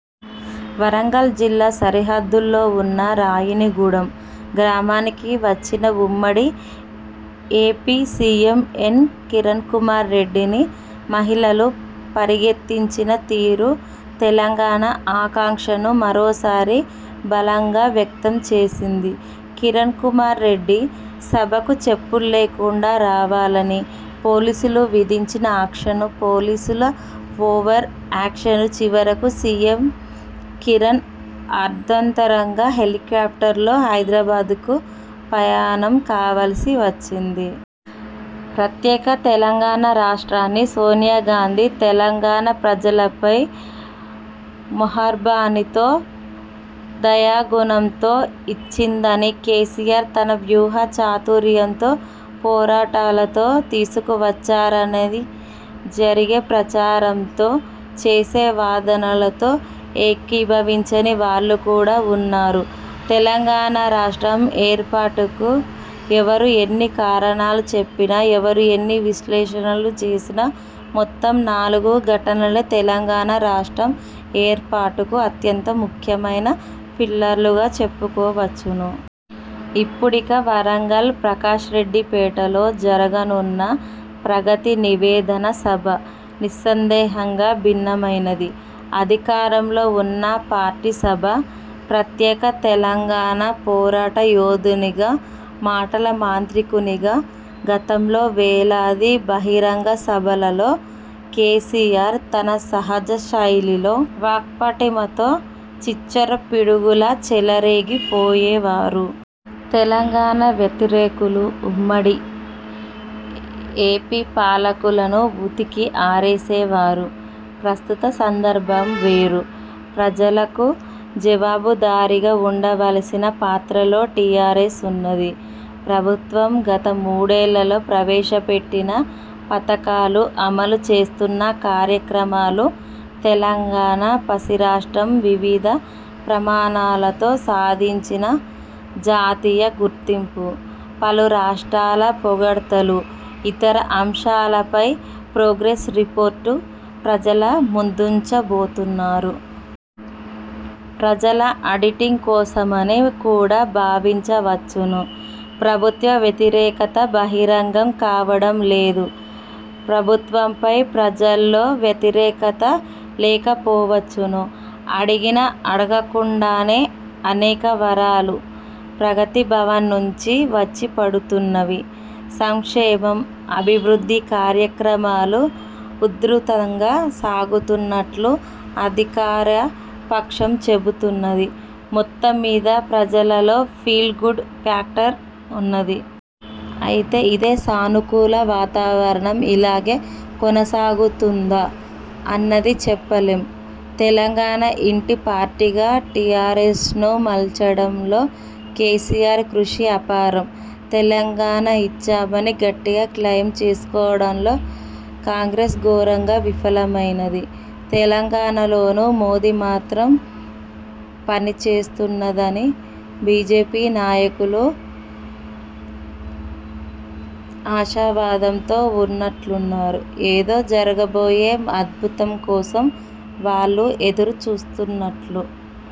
వరంగల్ జిల్లా సరిహద్దుల్లో ఉన్న రాయినిగూడెం గ్రామానికి వచ్చిన ఉమ్మడి AP CM N. Kiran Kumar రెడ్డిని మహిళలు పరిగెత్తించిన తీరు తెలంగాణ ఆకాంక్షను మరోసారి బలంగా వ్యక్తం చేసింది. కిరణ్ కుమార్ రెడ్డి సభకు చెప్పులు లేకుండా రావాలని పోలీసులు విధించిన ఆంక్షలు, పోలీసుల ఓవర్ యాక్షన్ చివరకు సీఎం కిరణ్ అర్ధాంతరంగా హెలికాప్టర్లో హైదారాబాద్కు పయనం కావలసి వచ్చింది. ప్రత్యేక తెలంగాణ రాష్ట్రాన్ని సోనియాగాంధీ తెలంగాణ ప్రజలపై 'మెహర్బానీ'తో, దయాగుణంతో ఇచ్చిందనీ, కేసీఆర్ తన వ్యూహ చాతుర్యంతో, పోరాటాలతో తీసుకువచ్చారనీ జరిగే ప్రచారంతో, చేసే వాదనలతో ఏకీభవించని వాళ్ళు కూడా ఉన్నారు. తెలంగాణ రాష్ట్రం ఏర్పాటుకు ఎవరు ఎన్ని కారణాలు చెప్పినా, ఎవరు ఎన్ని విశ్లేషణలు చేసినా మొత్తం నాలుగు ఘటనలే తెలంగాణ రాష్ట్రం ఏర్పాటుకు అత్యంత ముఖ్యమైన పిల్లర్లుగా చెప్పుకోవచ్చును. ఇప్పుడిక వరంగల్ ప్రకాష్ రెడ్డి పేటలో జరగనున్న 'ప్రగతి నివేదన సభ' నిస్సందేహంగా భిన్నమైనది. అధికారంలో ఉన్న పార్టీ సభ. ప్రత్యేక తెలంగాణ పోరాట యోధునిగా, మాటల మాంత్రికునిగా గతంలో వేలాది బహిరంగ సభలలో కేసీఆర్ తన సహజ శైలిలో, వాక్పటిమతో చిచ్చర పిడుగులా చెలరేగిపోయేవారు. తెలంగాణ వ్యతిరేకులు, ఉమ్మడి ఏపీ పాలకులను ఉతికి ఆరేసేవారు. ప్రస్తుత సందర్భం వేరు. ప్రజలకు జవాబుదారీగా ఉండవలసిన పాత్రలో టీఆర్ఎస్ ఉన్నది. ప్రభుత్వం గత మూడేళ్లలో ప్రవేశపెట్టిన పథకాలు, అమలు చేస్తున్న కార్యక్రమాలు, తెలంగాణ పసి రాష్ట్రం వివిధ ప్రమాణాలలో సాధించిన జాతీయ గుర్తింపు, పలు రాష్ట్రాల పొగడ్తలు, ఇతర అంశాలపై 'ప్రోగ్రెస్ రిపోర్టు' ప్రజల ముందుంచబోతున్నారు. ప్రజల ఆడిటింగ్ కోసమని కూడా భావించవచ్చును. ప్రభుత్వ వ్యతిరేకత బహిరంగం కావడం లేదు. ప్రభుత్వంపై ప్రజల్లో వ్యతిరేకత లేకపోవచ్చును. అడిగినా, అడగకుండానే అనేక వరాలు 'ప్రగతి భవన్' నుంచి వచ్చి పడుతున్నవి. సంక్షేమం, అభివృద్ధి కార్యక్రమాలు ఉధృతంగా సాగుతున్నట్టు అధికారపక్షం చెబుతున్నది. మొత్తంమీద ప్రజలలో 'ఫీల్ గుడ్' ఫ్యాక్టర్ ఉన్నది. అయితే ఇదే సానుకూల వాతావరణం ఇలాగే కొనసాగుతుందా అన్నది చెప్పలేం. తెలంగాణ ఇంటి పార్టీగా టీఆర్ఎస్ను మలచడంలో కేసీఆర్ కృషి అపారం. తెలంగాణ ఇచ్చామని గట్టిగా క్లయిం చేసుకోవడంలో కాంగ్రెస్ ఘోరంగా విఫలమైనది. తెలంగాణలోనూ మోదీ మంత్రం పనిచేస్తుందని బీజేపీ నాయకులు ఆశావాదంతో ఉన్నట్లున్నారు. ఏదో జరగబోయే 'అద్భుతం' కోసం వాళ్ళు ఎదురు చూస్తున్నట్లున్నది.